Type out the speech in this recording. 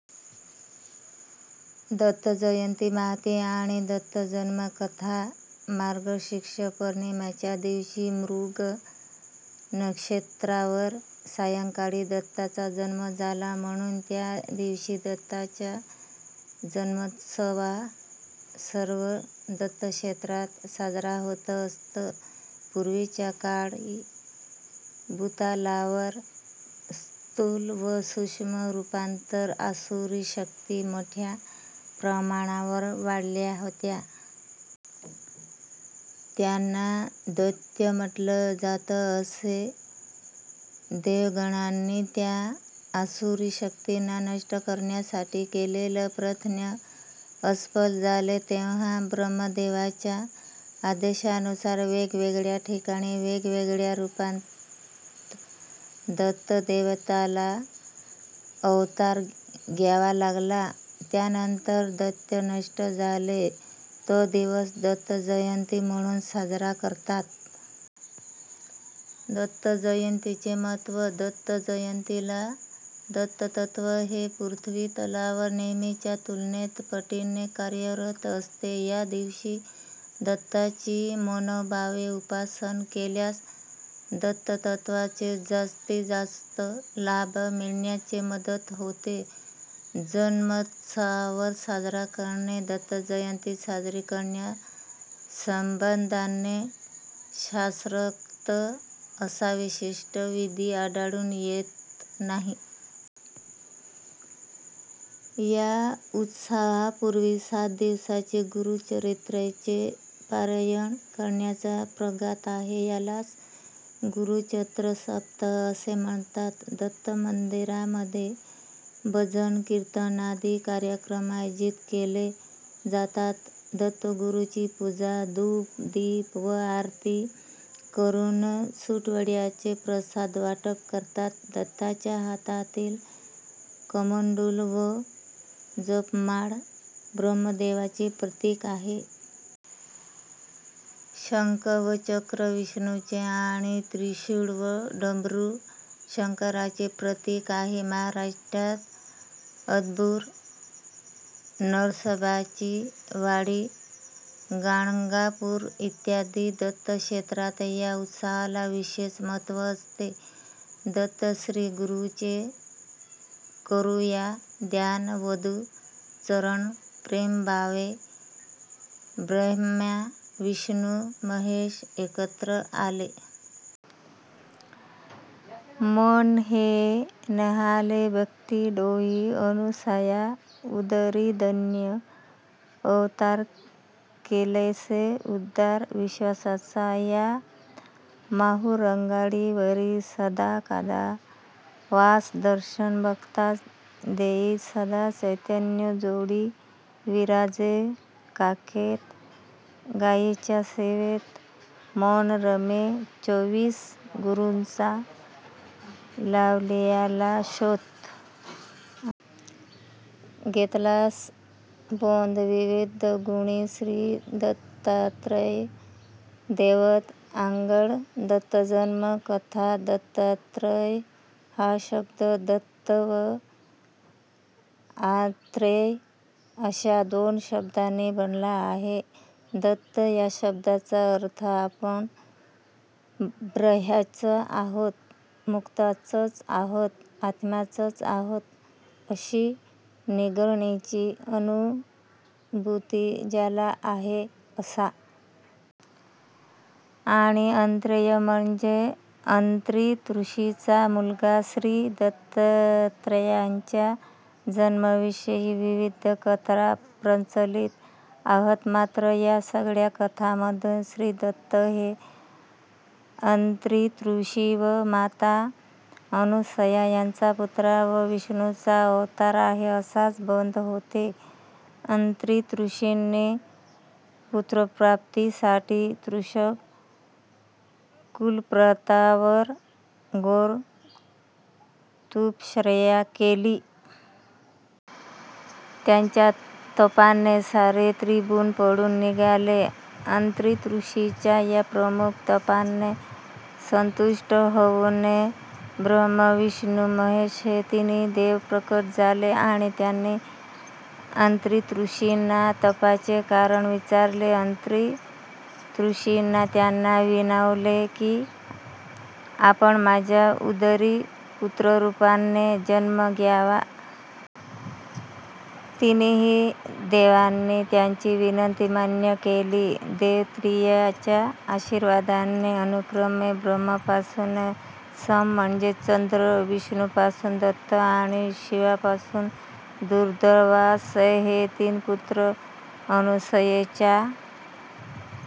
दत्तजयंती माहिती अणि दत्त जन्म कथा मार्गशीर्ष पौर्णिमेच्या दिवशी मृग नक्षत्रावर सायंकाळी दत्ताचा जन्म झाला, म्हणून त्या दिवशी दत्ताचा जन्मोत्सव सर्व दत्तक्षेत्रांत साजरा होत असतो. पूर्वीच्या काळी भूतलावर स्थूल व सूक्ष्म रूपांत आसुरी शक्ती मोठ्या प्रमाणावर वाढल्या होत्या. त्यांना दैत्य म्हटले जात असे. देवगणांनी त्या आसुरी शक्तींना नष्ट करण्यासाठी केलेले प्रयत्न असफल झाले. तेव्हा ब्रह्मदेवाच्या आदेशानुसार वेगवेगळया ठिकाणी वेगवेगळया रूपांत दत्त देवतेला अवतार घ्यावा लागला. त्यानंतर दैत्य नष्ट झाले. तो दिवस दत्तजयंती' म्हणून साजरा करतात. दत्तजयंतीचे महत्त्व दत्तजयंतीला दत्ततत्त्व हे पृथ्वीतलावर नेहमीच्या तुलनेत पटीने कार्यरत असते. या दिवशी दत्ताची मनोभावे उपासना केल्यास दत्ततत्त्वाचा जास्तीतजास्त लाभ मिळण्यास मदत होते. जन्मोत्सव साजरा करणे दत्तजयंती साजरी करण्यासंबंधाने शास्त्रोक्त असा विशिष्ट विधी आढळून येत नाही. या उत्सवापूर्वी सात दिवस गुरुचरित्राचे पारायण करण्याचा प्रघात आहे. यालाच गुरुचरित्रसप्ताह असे म्हणतात. दत्तमंदिरामध्ये भजन, कीर्तनादी कार्यक्रम आयोजीत केले जातात. दत्तगुरूंची पूजा, धूप, दीप व आरती करून सुंठवड्याचा प्रसाद वाटप करतात. दत्ताच्या हातातील कमंडलू व जपमाळ ब्रह्मदेवाचे प्रतीक आहे. शंख व चक्र विष्णूचे आणि त्रिशूळ व डमरू शंकराचे प्रतीक आहे. महाराष्ट्रात औदुंबर, नरसोबाची वाडी, गाणगापूर इत्यादी दत्तक्षेत्रांत या उत्सवाला विशेष महत्त्व असते. दत्तश्रीगुरूंचे करुया ध्यान वंदू चरण प्रेमभावे. ब्रह्मा विष्णू महेश एकत्र आले…. मन हे न्हाले भक्ती डोही। अनुसया उदरी धन्य अवतार।। केलासे उद्धार विश्वाचा या। माहुरगडावरी सदा कदा वास।। दर्शन भक्तास देई सदा। चैतन्य झोळी विराजे काखेत।। गाईच्या सेवेत मन रमे। चोविस गुरूचा लावियला शोध।। घेतलासे बोध विविधगुणी। श्री दत्तात्रय दैवत आगळे, दत्तजन्म कथा दत्तात्रय हा शब्द 'दत्त' व 'आत्रेय' अशा दोन शब्दांनी बनला आहे. 'दत्त' या शब्दाचा अर्थ आपण ब्रह्मच आहोत, मुक्तच आहोत, आत्माच आहोत, अशी निर्गुणाची अनुभूती ज्याला आहे असा. आणि 'अत्रेय' म्हणजे अत्री ऋषींचा मुलगा. श्री दत्तात्रयाच्या जन्माविषयी विविध कथा प्रचलित आहेत. मात्र या सगळ्या कथांमधून श्रीदत्त हे अत्रीऋषी व माता अनुसूया यांचा पुत्र व विष्णूचा अवतार आहे, असाच बोध होतो. अत्रीऋषींनी पुत्रप्राप्तीसाठी ऋक्ष कुलपर्वतावर घोर तपश्चर्या केली. त्यांच्या तपाने सारे त्रिभुवन पोळून निघाले. अत्रीऋषींच्या या प्रखर तपाने संतुष्ट होऊन ब्रह्मा-विष्णु-महेश हे तिन्ही देव प्रकट झाले. आणि त्यांनी अत्रीऋषींना तपाचे कारण विचारले. अत्रीऋषींनी त्यांना विनवले की, आपण माझ्या उदरी पुत्ररूपाने जन्म घ्यावा. तिन्ही देवांनी त्यांची विनंती मान्य केली. देवत्रयीच्या आशीर्वादाने अनुक्रमे ब्रह्मापासून सोम म्हणजे चंद्र, विष्णूपासून दत्त आणि शिवापासून दुर्वास हे तीन पुत्र अनुसयेच्या